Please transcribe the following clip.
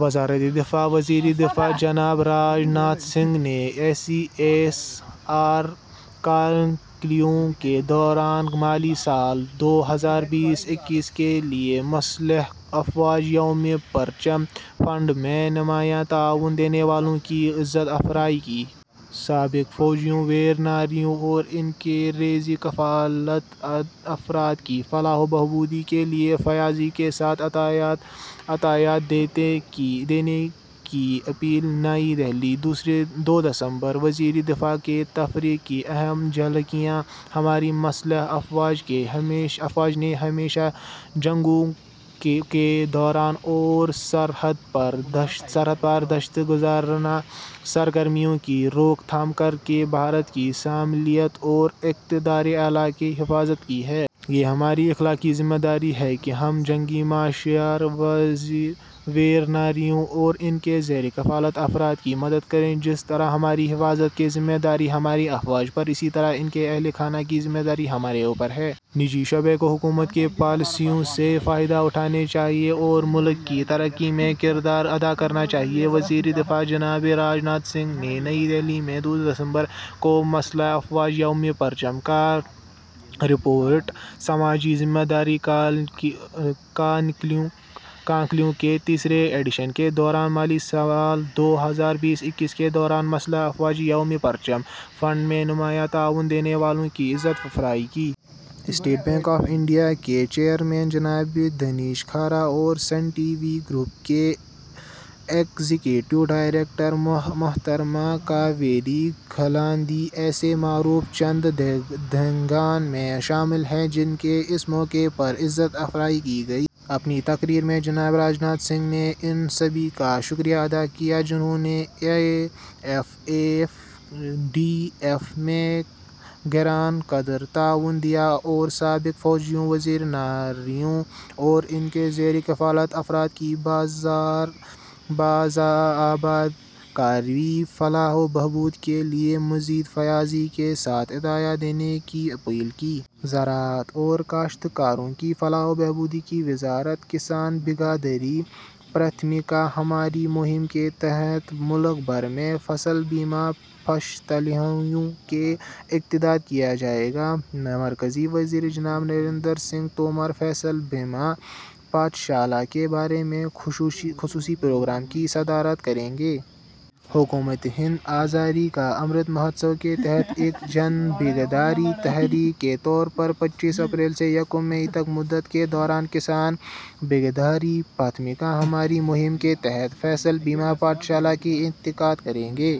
وزارتِ دفاع وزیرِ دفاع جناب راج ناتھ سنگھ نے سی ایس آر کانکلیو کے دوران مالی سال دو ہزار بیس-اکیس کے لیے مسلح افواج یومِ پرچم فنڈ میں نمایاں تعاون دینے والوں کی عزت افزائی کی۔ سابق فوجیوں، ویر ناریوں اور ان کے زیرِ کفالت افراد کی فلاح و بہبود کے لیے فیاضی کے ساتھ عطیات دینے کی اپیل۔ نئی دہلی، دو دسمبر: وزیرِ دفاع کی تقریر کی اہم جھلکیاں: ہماری مسلح افواج نے ہمیشہ جنگوں کے دوران اور سرحد پار دہشت گردانہ سرگرمیوں کی روک تھام کرکے بھارت کی سالمیت اور اقتدارِ اعلیٰ کی حفاظت کی ہے۔ یہ ہماری اخلاقی ذمہ داری ہے کہ ہم جنگی مشاہیر، ویر ناریوں اور ان کے زیرِ کفالت افراد کی مدد کریں۔ جس طرح ہماری حفاظت کی ذمہ داری ہماری افواج پر ہے، اسی طرح ان کے اہلِ خانہ کی ذمہ داری ہمارے اوپر ہے۔ نجی شعبے کو حکومت کی پالیسیوں سے فائدہ اٹھانا چاہیے اور ملک کی ترقی میں کردار ادا کرنا چاہیے۔ وزیرِ دفاع جناب راج ناتھ سنگھ نے نئی دہلی میں دو دسمبر کو مسلح افواج یومِ پرچم کارپوریٹ سماجی ذمہ داری کانکلیو کے تیسرے ایڈیشن کے دوران مالی سال دو ہزار بیس-اکیس کے دوران مسلح افواج یومِ پرچم فنڈ میں نمایاں تعاون دینے والوں کی عزت افزائی کی۔ اسٹیٹ بینک آف انڈیا کے چیئرمین جناب دنیش کھارا اور سن ٹی وی گروپ کی ایگزیکٹیو ڈائریکٹر محترمہ کاویری کلاندھی ایسے معروف چندہ دہندگان میں شامل ہیں جن کی اس موقع پر عزت افزائی کی گئی۔ اپنی تقریر میں جناب راج ناتھ سنگھ نے ان سبھی کا شکریہ ادا کیا جنہوں نے A F F D F میں گراں قدر تعاون دیا اور سابق فوجیوں، ویر ناریوں اور ان کے زیرِ کفالت افراد کی بازآبادکاری و فلاح و بہبود کے لیے مزید فیاضی کے ساتھ عطیات دینے کی اپیل کی۔ زراعت اور کاشتکاروں کی فلاح و بہبود کی وزارت ''کسان بھاگیداری- پراتھمکتا ہماری'' مہم کے تحت ملک بھر میں فصل بیمہ پاٹھ شالاؤں کا انعقاد کیا جائے گا۔ مرکزی وزیر جناب نریندر سنگھ تومر فصل بیمہ پاٹھ شالہ کے بارے میں خصوصی پروگرام کی صدارت کریں گے۔ حکومتِ ہند آزادی کا امرت مہوتسو کے تحت ایک جن بھاگیداری تحریک کے طور پر پچیس اپریل سے یکم مئی تک کی مدت کے دوران ''کسان بھاگیداری- پراتھمکتا ہماری'' مہم کے تحت فصل بیمہ پاٹھ شالہ کا انعقاد کرے گی۔